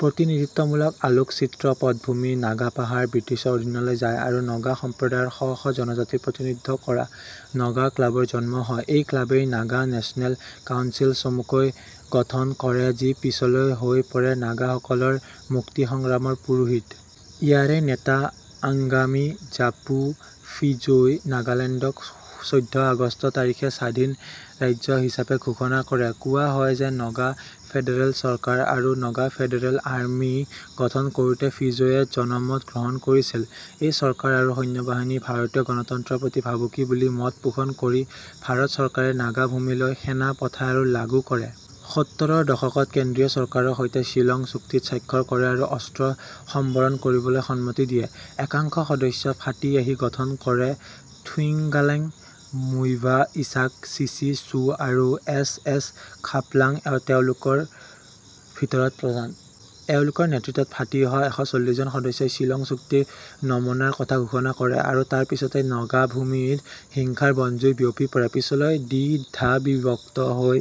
প্ৰতিনিধিত্বমূলক আলোকচিত্ৰ পটভূমি নাগাপাহাৰ ব্ৰিটিছৰ অধীনলৈ যায় আৰু নগা সম্প্ৰদায়ৰ শ শ জনজাতিৰ প্ৰতিনিধিত্ব কৰা নগা ক্লাবৰ জন্ম হয়। এই ক্লাবেই নাগা নেশ্যনেল কাউঞ্চিল চমুকৈ গঠন কৰে যি পিছলৈ হৈ পৰে নাগাসকলৰ মুক্তিসংগ্ৰামৰ পুৰোহিত। ইয়াৰেই নেতা আংগামী জাপু ফিজোই নাগালেণ্ডক চৈধ্য আগষ্ট তাৰিখে স্বাধীন ৰাজ্য হিচাপে ঘোষণা কৰে। কোৱা হয় যে নগা ফেডাৰেল চৰকাৰ আৰু নগা ফেডাৰেল আৰ্মি গঠন কৰোতে ফিজোৱে জনমত গ্ৰহণ কৰিছিল। এই চৰকাৰ আৰু সৈন্যবাহিনী ভাৰতীয় গণতন্ত্ৰৰ প্ৰতি ভাবুকি বুলি মত পোষণ কৰি ভাৰত চৰকাৰে নাগাভূমিলৈ সেনা পঠায় আৰু লাগু কৰে। সত্তৰৰ দশকত কেন্দ্ৰীয় চৰকাৰৰ সৈতে শ্বিলং চুক্তিত স্বাক্ষৰ কৰে আৰু অস্ত্ৰ সম্বৰণ কৰিবলৈ সন্মতি দিয়ে। একাংশ সদস্য ফাটি আহি গঠন কৰে থুইংগালেং মুইভা ইছাক চিচি চ্যু আৰু এছ এছ খাপলাং এওঁলোকৰ ভিতৰত প্ৰধান। এওঁলোকৰ নেতৃত্বত ফাটি অহা এশ চল্লিশজন সদস্যই শ্বিলং চুক্তি নমনাৰ কথা ঘোষণা কৰে আৰু তাৰ পিছতেই নাগাভূমিত হিংসাৰ বনজুই বিয়পি পৰে। পিছলৈ দ্বিধাবিভক্ত হৈ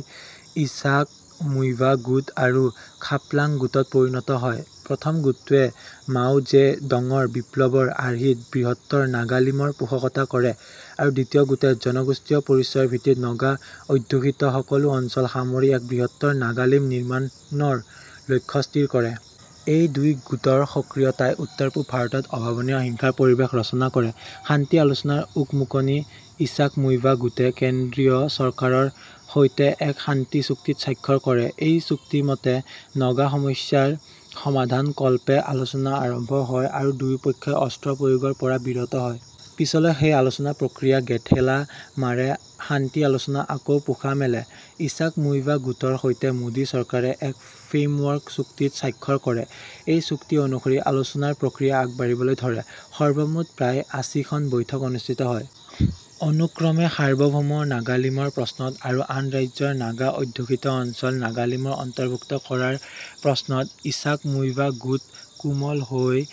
ইছাকমুইভা গোট আৰু খাপলাং গোটত পৰিণত হয়। প্ৰথম গোটটোৱে মাও জে ডঙৰ বিপ্লৱৰ আৰ্হিত বৃ্হত্তৰ নাগালিমৰ পোষকতা কৰে আৰু দ্বিতীয় গোটে জনগোষ্ঠীয় পৰিচয়ৰ ভিত্তিত নগা অধ্যুষিত সকলো অঞ্চল সামৰি এক বৃ্হত্তৰ নাগালিম নিৰ্মাণৰ লক্ষ্য স্থিৰ কৰে। এই দুই গোটৰ সক্ৰিয়তাই উত্তৰপূব ভাৰতত অভাৱনীয় হিংসাৰ পৰিৱেশ ৰচনা কৰে। শান্তি আলোচনাৰ উকমুকনি। ইছাকমুইভা গোটে কেন্দ্ৰীয় চৰকাৰৰ সৈতে এক শান্তিচুক্তিত স্বাক্ষৰ কৰে। সেই চুক্তিমতে নগাসমস্যাৰ সমাধানকল্পে আলোচনা আৰম্ভ হয় আৰু দুয়োপক্ষই অস্ত্ৰ প্ৰয়োগৰ পৰা বিৰত হয়। পিছলৈ সেই আলোচনা প্ৰক্ৰিয়া গেঁঠেলা মাৰে। শান্তি আলোচনা আকৌ পোখা মেলে। ইছাকমুইভা গোটৰ সৈতে মোদী চৰকাৰে এক ফেমৱৰ্ক চুক্তিত স্বাক্ষৰ কৰে। এই চুক্তি অনুসৰি আলোচনাৰ প্ৰক্ৰিয়া আগ বাঢ়িবলৈ ধৰে। সৰ্বমুঠ প্ৰায় আশীখন বৈঠক অনুষ্ঠিত হয়। অনুক্ৰমে সাৰ্বভৌম নাগালিমৰ প্ৰশ্নত আৰু আন ৰাজ্যৰ নাগা অধ্যুষিত অঞ্চল নাগালিমৰ অন্তৰ্ভুক্ত কৰাৰ প্ৰশ্নত ইছাকমুইভা গোট কোমল হৈ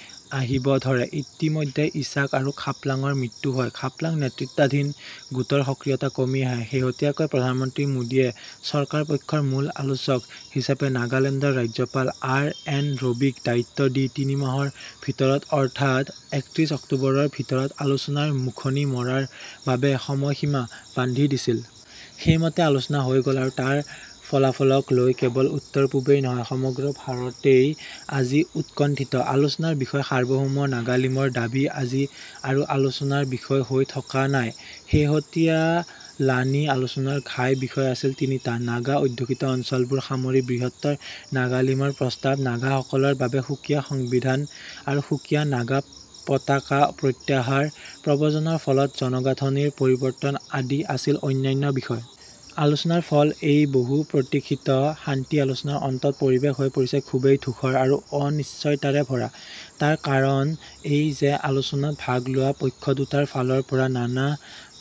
আহিব ধৰে। ইতিমধ্যে ইছাক আৰু খাপলাঙৰ মৃত্যু হয়। খাপলাং নেতৃত্বাধীন গোটৰ সক্ৰিয়তা কমি আহে। শেহতীয়াকৈ প্ৰধানমন্ত্ৰী মোদীয়ে চৰকাৰ পক্ষৰ মূল আলোচক হিচাপে নাগালেণ্ডৰ ৰাজ্যপাল আৰ্ এন্ ৰবিক দায়িত্ব দি তিনিমাহৰ ভিতৰত অৰ্থাৎ একত্ৰিশ অক্টোবৰৰ ভিতৰত আলোচনাৰ মোখনি মৰাৰ বাবে সময়সীমা বান্ধি দিছিল। সেইমতে আলোচনা হৈ গল আৰু তাৰ ফলাফলক লৈ কেৱল উত্তৰপূবেই নহয় সমগ্ৰ ভাৰতেই আজি উৎকণ্ঠিত। আলোচনাৰ বিষয় সাৰ্বভৌম নাগালিমৰ দাবী আজি আৰু আলোচনাৰ বিষয় হৈ থকা নাই। শেহতীয়ালানি আলোচনাৰ ঘাই বিষয় আছিল তিনিটা: নাগা অধ্যুষিত অঞ্চলবোৰ সামৰি বৃ্হত্তৰ নাগালিমৰ প্ৰস্তাৱ, নাগাসকলৰ বাবে সুকীয়া সংবিধান আৰু সুকীয়া নাগা পতাকা প্ৰত্যাহাৰ, প্ৰব্ৰজনৰ ফলত জনগাঁথনিৰ পৰিৱৰ্তন আদি আছিল অন্যান্য বিষয়। আলোচনাৰ ফল এই বহু প্ৰতীক্ষিত শান্তি আলোচনাৰ অন্তত পৰিৱেশ হৈ পৰিছে খুবেই ধূসৰ আৰু অনিশ্চয়তাৰে ভৰা। তাৰ কাৰণ এই যে আলোচনাত ভাগ লোৱা পক্ষ দুটাৰ ফালৰ পৰা নানা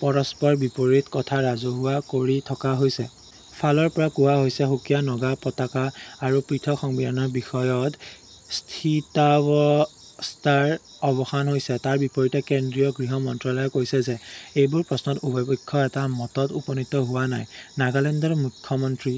পৰস্পৰবিপৰীত কথা ৰাজহুৱা কৰি থকা হৈছিল। ফালৰ পৰা কোৱা হৈছে সুকীয়া নগা পতাকা আৰু পৃথক সংবিধানৰ বিষয়ত স্থিতাৱস্থাৰ অৱ্সান হৈছে। তাৰ বিপৰীতে কেন্দ্ৰীয় গৃ্হ মন্ত্ৰ্যালয়ে কৈছে যে এইবোৰ প্ৰশ্নত উভয় পক্ষ এটা মতত উপনীত হোৱা নাই। নাগালেণ্ডৰ মুখ্য মন্ত্ৰী